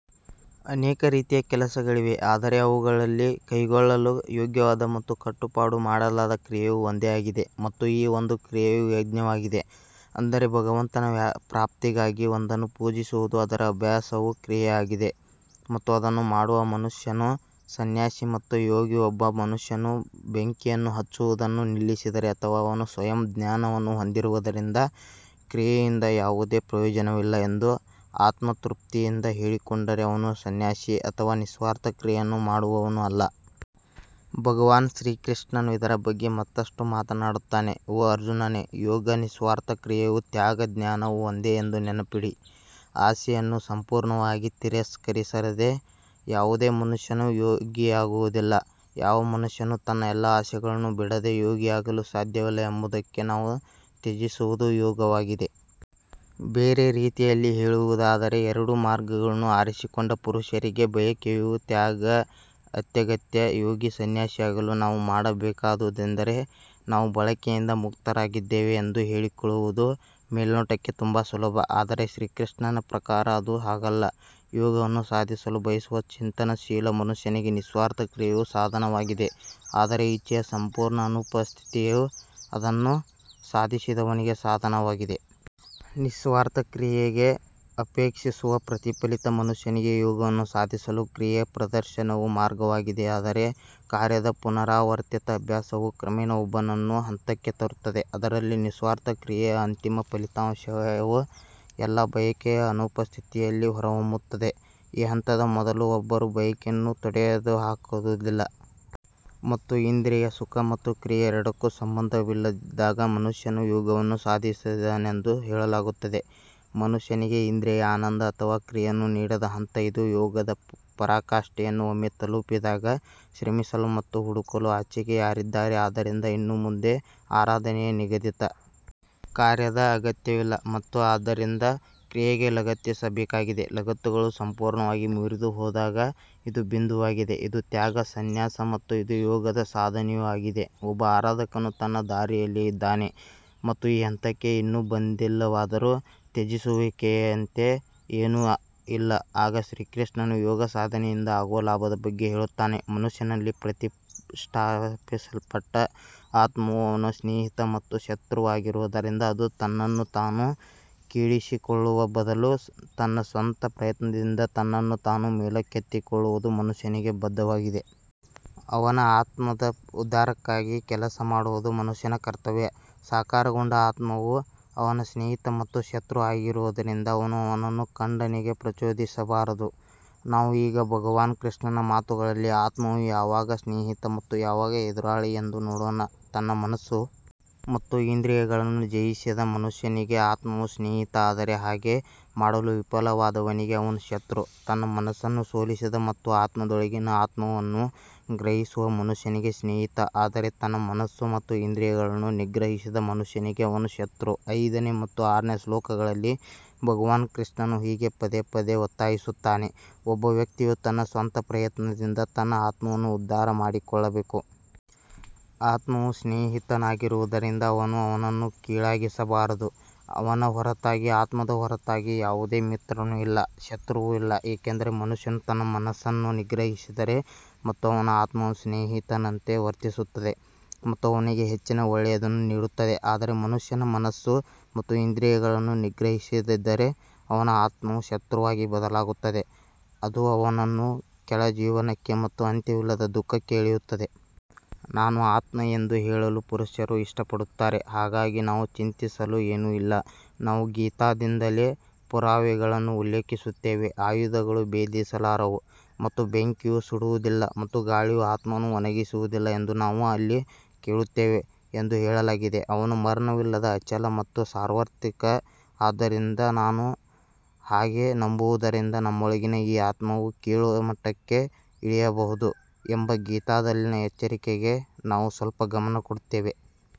ಅನೇಕ ರೀತಿಯ ಕೆಲಸಗಳಿವೆ ಆದರೆ ಅವುಗಳಲ್ಲಿ ಕೈಗೊಳ್ಳಲು ಯೋಗ್ಯವಾದ ಮತ್ತು ಕಟ್ಟುಪಾಡು ಮಾಡಲಾದ ಕ್ರಿಯೆಯು ಒಂದೇ ಆಗಿದೆ. ಮತ್ತು ಈ ಒಂದು ಕ್ರಿಯೆಯು ಯಜ್ಞವಾಗಿದೆ ಅಂದರೆ ಭಗವಂತನ ಪ್ರಾಪ್ತಿಗಾಗಿ ಒಂದನ್ನು ಪೂಜಿಸುವುದು ಅದರ ಅಭ್ಯಾಸವು ಕ್ರಿಯೆಯಾಗಿದೆ ಮತ್ತು ಅದನ್ನು ಮಾಡುವ ಮನುಷ್ಯನು ಸನ್ಯಾಸಿ ಮತ್ತು ಯೋಗಿ ಒಬ್ಬ ಮನುಷ್ಯನು ಬೆಂಕಿಯನ್ನು ಹಚ್ಚುವುದನ್ನು ನಿಲ್ಲಿಸಿದರೆ ಅಥವಾ ಅವನು ಸ್ವಯಂ ಜ್ಞಾನವನ್ನು ಹೊಂದಿರುವುದರಿಂದ ಕ್ರಿಯೆಯಿಂದ ಯಾವುದೇ ಪ್ರಯೋಜನವಿಲ್ಲ ಎಂದು ಆತ್ಮತೃಪ್ತಿಯಿಂದ ಹೇಳಿಕೊಂಡರೆ ಅವನು ಸನ್ಯಾಸಿ ಅಥವಾ ನಿಸ್ವಾರ್ಥ ಕ್ರಿಯೆಯನ್ನು ಮಾಡುವವನೂ ಅಲ್ಲ. ಭಗವಾನ್ ಶ್ರೀಕೃಷ್ಣನು ಇದರ ಬಗ್ಗೆ ಮತ್ತಷ್ಟು ಮಾತನಾಡುತ್ತಾನೆ ಓ ಅರ್ಜುನನೇ, ಯೋಗ ನಿಸ್ವಾರ್ಥ ಕ್ರಿಯೆಯು ತ್ಯಾಗ ಜ್ಞಾನವು ಒಂದೇ ಎಂದು ನೆನಪಿಡಿ, ಆಸೆಯನ್ನು ಸಂಪೂರ್ಣವಾಗಿ ತಿರಸ್ಕರಿಸದೆ ಯಾವುದೇ ಮನುಷ್ಯನು ಯೋಗಿಯಾಗುವುದಿಲ್ಲ. ಯಾವ ಮನುಷ್ಯನು ತನ್ನ ಎಲ್ಲಾ ಆಸೆಗಳನ್ನು ಬಿಡದೆ ಯೋಗಿಯಾಗಲು ಸಾಧ್ಯವಿಲ್ಲ ಎಂಬುದಕ್ಕೆ ನಾವು ತ್ಯಜಿಸುವುದು ಯೋಗವಾಗಿದೆ. ಬೇರೆ ರೀತಿಯಲ್ಲಿ ಹೇಳುವುದಾದರೆ, ಎರಡೂ ಮಾರ್ಗಗಳನ್ನು ಆರಿಸಿಕೊಂಡ ಪುರುಷರಿಗೆ ಬಯಕೆಯ ತ್ಯಾಗ ಅತ್ಯಗತ್ಯ ಯೋಗಿ ಸನ್ಯಾಸಿಯಾಗಲು ನಾವು ಮಾಡಬೇಕಾದುದೆಂದರೆ ನಾವು ಬಯಕೆಯಿಂದ ಮುಕ್ತರಾಗಿದ್ದೇವೆ ಎಂದು ಹೇಳಿಕೊಳ್ಳುವುದು ಮೇಲ್ನೋಟಕ್ಕೆ ತುಂಬಾ ಸುಲಭ. ಆದರೆ ಶ್ರೀಕೃಷ್ಣನ ಪ್ರಕಾರ ಅದು ಹಾಗಲ್ಲ ಯೋಗವನ್ನು ಸಾಧಿಸಲು ಬಯಸುವ ಚಿಂತನಶೀಲ ಮನುಷ್ಯನಿಗೆ ನಿಸ್ವಾರ್ಥ ಕ್ರಿಯೆಯು ಸಾಧನವಾಗಿದೆ, ಆದರೆ ಇಚ್ಛೆಯ ಸಂಪೂರ್ಣ ಅನುಪಸ್ಥಿತಿಯು ಅದನ್ನು ಸಾಧಿಸಿದವನಿಗೆ ಸಾಧನವಾಗಿದೆ. ನಿಸ್ವಾರ್ಥ ಕ್ರಿಯೆಗೆ ಅಪೇಕ್ಷಿಸುವ ಪ್ರತಿಫಲಿತ ಮನುಷ್ಯನಿಗೆ ಯೋಗವನ್ನು ಸಾಧಿಸಲು ಕ್ರಿಯೆಯ ಪ್ರದರ್ಶನವು ಮಾರ್ಗವಾಗಿದೆ ಆದರೆ ಕಾರ್ಯದ ಪುನರಾವರ್ತಿತ ಅಭ್ಯಾಸವು ಕ್ರಮೇಣ ಒಬ್ಬನನ್ನು ಹಂತಕ್ಕೆ ತರುತ್ತದೆ, ಅದರಲ್ಲಿ ನಿಸ್ವಾರ್ಥ ಕ್ರಿಯೆಯ ಅಂತಿಮ ಫಲಿತಾಂಶವು ಎಲ್ಲಾ ಬಯಕೆಯ ಅನುಪಸ್ಥಿತಿಯಲ್ಲಿ ಹೊರಹೊಮ್ಮುತ್ತದೆ ಈ ಹಂತದ ಮೊದಲು ಒಬ್ಬರು ಬಯಕೆಯನ್ನು ತೊಡೆದುಹಾಕುವುದಿಲ್ಲ ಮತ್ತು ಇಂದ್ರಿಯ ಸುಖ ಮತ್ತು ಕ್ರಿಯೆ ಎರಡಕ್ಕೂ ಸಂಬಂಧವಿಲ್ಲದಿದ್ದಾಗ ಮನುಷ್ಯನು ಯೋಗವನ್ನು ಸಾಧಿಸಿದನೆಂದು ಹೇಳಲಾಗುತ್ತದೆ ಮನುಷ್ಯನಿಗೆ ಇಂದ್ರಿಯ ಆನಂದ ಅಥವಾ ಕ್ರಿಯೆಯನ್ನು ನೀಡದ ಹಂತ ಇದು ಯೋಗದ ಪರಾಕಾಷ್ಠೆಯನ್ನು ಒಮ್ಮೆ ತಲುಪಿದಾಗ, ಶ್ರಮಿಸಲು ಮತ್ತು ಹುಡುಕಲು ಆಚೆಗೆ ಯಾರಿದ್ದಾರೆ ಆದ್ದರಿಂದ ಇನ್ನು ಮುಂದೆ ಆರಾಧನೆಯ ನಿಗದಿತ ಕಾರ್ಯದ ಅಗತ್ಯವಿಲ್ಲ ಮತ್ತು ಆದ್ದರಿಂದ ಕ್ರಿಯೆಗೆ ಲಗತ್ತಿಸಬೇಕಾಗಿದೆ ಲಗತ್ತುಗಳು ಸಂಪೂರ್ಣವಾಗಿ ಮುರಿದುಹೋದಾಗ ಇದು ಬಿಂದುವಾಗಿದೆ ಇದು ತ್ಯಾಗ ಸನ್ಯಾಸ ಮತ್ತು ಇದು ಯೋಗದ ಸಾಧನೆಯೂ ಆಗಿದೆ ಒಬ್ಬ ಆರಾಧಕನು ತನ್ನ ದಾರಿಯಲ್ಲಿಯೇ ಇದ್ದಾನೆ ಮತ್ತು ಈ ಹಂತಕ್ಕೆ ಇನ್ನೂ ಬಂದಿಲ್ಲವಾದರೂ, ತ್ಯಜಿಸುವಿಕೆಯಂತೆ ಏನೂ ಇಲ್ಲ ಆಗ ಶ್ರೀಕೃಷ್ಣನು ಯೋಗ ಸಾಧನೆಯಿಂದ ಆಗುವ ಲಾಭದ ಬಗ್ಗೆ ಹೇಳುತ್ತಾನೆ ಮನುಷ್ಯನಲ್ಲಿ ಪ್ರತಿಷ್ಠಾಪಿಸಲ್ಪಟ್ಟ ಆತ್ಮವು ಅವನ ಸ್ನೇಹಿತ ಮತ್ತು ಶತ್ರುವಾಗಿರುವುದರಿಂದ ಅದು ತನ್ನನ್ನು ತಾನು ಕೀಳಿಸಿಕೊಳ್ಳುವ ಬದಲು ತನ್ನ ಸ್ವಂತ ಪ್ರಯತ್ನದಿಂದ ತನ್ನನ್ನು ತಾನು ಮೇಲಕ್ಕೆತ್ತಿಕೊಳ್ಳುವುದು ಮನುಷ್ಯನಿಗೆ ಬದ್ಧವಾಗಿದೆ. ಅವನ ಆತ್ಮದ ಉದ್ಧಾರಕ್ಕಾಗಿ ಕೆಲಸ ಮಾಡುವುದು ಮನುಷ್ಯನ ಕರ್ತವ್ಯ ಸಾಕಾರಗೊಂಡ ಆತ್ಮವು ಅವನ ಸ್ನೇಹಿತ ಮತ್ತು ಶತ್ರು ಆಗಿರುವುದರಿಂದ ಅವನು ಅವನನ್ನು ಖಂಡನೆಗೆ ಪ್ರಚೋದಿಸಬಾರದು ನಾವು ಈಗ ಭಗವಾನ್ ಕೃಷ್ಣನ ಮಾತುಗಳಲ್ಲಿ ಆತ್ಮವು ಯಾವಾಗ ಸ್ನೇಹಿತ ಮತ್ತು ಯಾವಾಗ ಎದುರಾಳಿ ಎಂದು ನೋಡೋಣ ತನ್ನ ಮನಸ್ಸು ಮತ್ತು ಇಂದ್ರಿಯಗಳನ್ನು ಜಯಿಸಿದ ಮನುಷ್ಯನಿಗೆ ಆತ್ಮವು ಸ್ನೇಹಿತ ಆದರೆ ಹಾಗೆ ಮಾಡಲು ವಿಫಲವಾದವನಿಗೆ ಅವನು ಶತ್ರು ತನ್ನ ಮನಸ್ಸನ್ನು ಸೋಲಿಸಿದ ಮತ್ತು ಆತ್ಮದೊಳಗಿನ ಆತ್ಮವನ್ನು ಗ್ರಹಿಸುವ ಮನುಷ್ಯನಿಗೆ ಸ್ನೇಹಿತ ಆದರೆ ತನ್ನ ಮನಸ್ಸು ಮತ್ತು ಇಂದ್ರಿಯಗಳನ್ನು ನಿಗ್ರಹಿಸದ ಮನುಷ್ಯನಿಗೆ ಅವನು ಶತ್ರು ಐದನೇ ಮತ್ತು ಆರನೇ ಶ್ಲೋಕಗಳಲ್ಲಿ ಭಗವಾನ್ ಕೃಷ್ಣನು ಹೀಗೆ ಪದೇ ಪದೇ ಒತ್ತಾಯಿಸುತ್ತಾನೆ, ಒಬ್ಬ ವ್ಯಕ್ತಿಯು ತನ್ನ ಸ್ವಂತ ಪ್ರಯತ್ನದಿಂದ ತನ್ನ ಆತ್ಮವನ್ನು ಉದ್ಧಾರ ಮಾಡಿಕೊಳ್ಳಬೇಕು. ಆತ್ಮವು ಸ್ನೇಹಿತನಾಗಿರುವುದರಿಂದ ಅವನು ಅವನನ್ನು ಕೀಳಾಗಿಸಬಾರದು ಅವನ ಹೊರತಾಗಿ ಆತ್ಮದ ಹೊರತಾಗಿ ಯಾವುದೇ ಮಿತ್ರನೂ ಇಲ್ಲ, ಶತ್ರುವೂ ಇಲ್ಲ ಏಕೆಂದರೆ ಮನುಷ್ಯನು ತನ್ನ ಮನಸ್ಸನ್ನು ನಿಗ್ರಹಿಸಿದರೆ ಮತ್ತು ಅವನ ಆತ್ಮವು ಸ್ನೇಹಿತನಂತೆ ವರ್ತಿಸುತ್ತದೆ ಮತ್ತು ಅವನಿಗೆ ಹೆಚ್ಚಿನ ಒಳ್ಳೆಯದನ್ನು ನೀಡುತ್ತದೆ ಆದರೆ ಮನುಷ್ಯನ ಮನಸ್ಸು ಮತ್ತು ಇಂದ್ರಿಯಗಳನ್ನು ನಿಗ್ರಹಿಸದಿದ್ದರೆ, ಅವನ ಆತ್ಮವು ಶತ್ರುವಾಗಿ ಬದಲಾಗುತ್ತದೆ, ಅದು ಅವನನ್ನು ಕೆಳ ಜೀವನಕ್ಕೆ ಮತ್ತು ಅಂತ್ಯವಿಲ್ಲದ ದುಃಖಕ್ಕೆ ಎಳೆಯುತ್ತದೆ. ನಾನು ಆತ್ಮ ಎಂದು ಹೇಳಲು ಪುರುಷರು ಇಷ್ಟಪಡುತ್ತಾರೆ ಹಾಗಾಗಿ ನಾವು ಚಿಂತಿಸಲು ಏನೂ ಇಲ್ಲ ನಾವು ಗೀತಾದಿಂದಲೇ ಪುರಾವೆಗಳನ್ನು ಉಲ್ಲೇಖಿಸುತ್ತೇವೆ ಆಯುಧಗಳು ಭೇದಿಸಲಾರವು ಮತ್ತು ಬೆಂಕಿಯು ಸುಡುವುದಿಲ್ಲ ಮತ್ತು ಗಾಳಿಯು ಆತ್ಮವನ್ನು ಒಣಗಿಸುವುದಿಲ್ಲ ಎಂದು ನಾವು ಅಲ್ಲಿ ಕೇಳುತ್ತೇವೆ ಎಂದು ಹೇಳಲಾಗಿದೆ ಅವನು ಮರಣವಿಲ್ಲದ ಅಚಲ ಮತ್ತು ಸಾರ್ವತ್ರಿಕ ಆದ್ದರಿಂದ ನಾನು ಹಾಗೆ ನಂಬುವುದರಿಂದ ನಮ್ಮೊಳಗಿನ ಈ ಆತ್ಮವು ಕೀಳು ಮಟ್ಟಕ್ಕೆ ಇಳಿಯಬಹುದು ಎಂಬ ಗೀತಾದಲ್ಲಿನ ಎಚ್ಚರಿಕೆಗೆ ನಾವು ಸ್ವಲ್ಪ ಗಮನ ಕೊಡುತ್ತೇವೆ.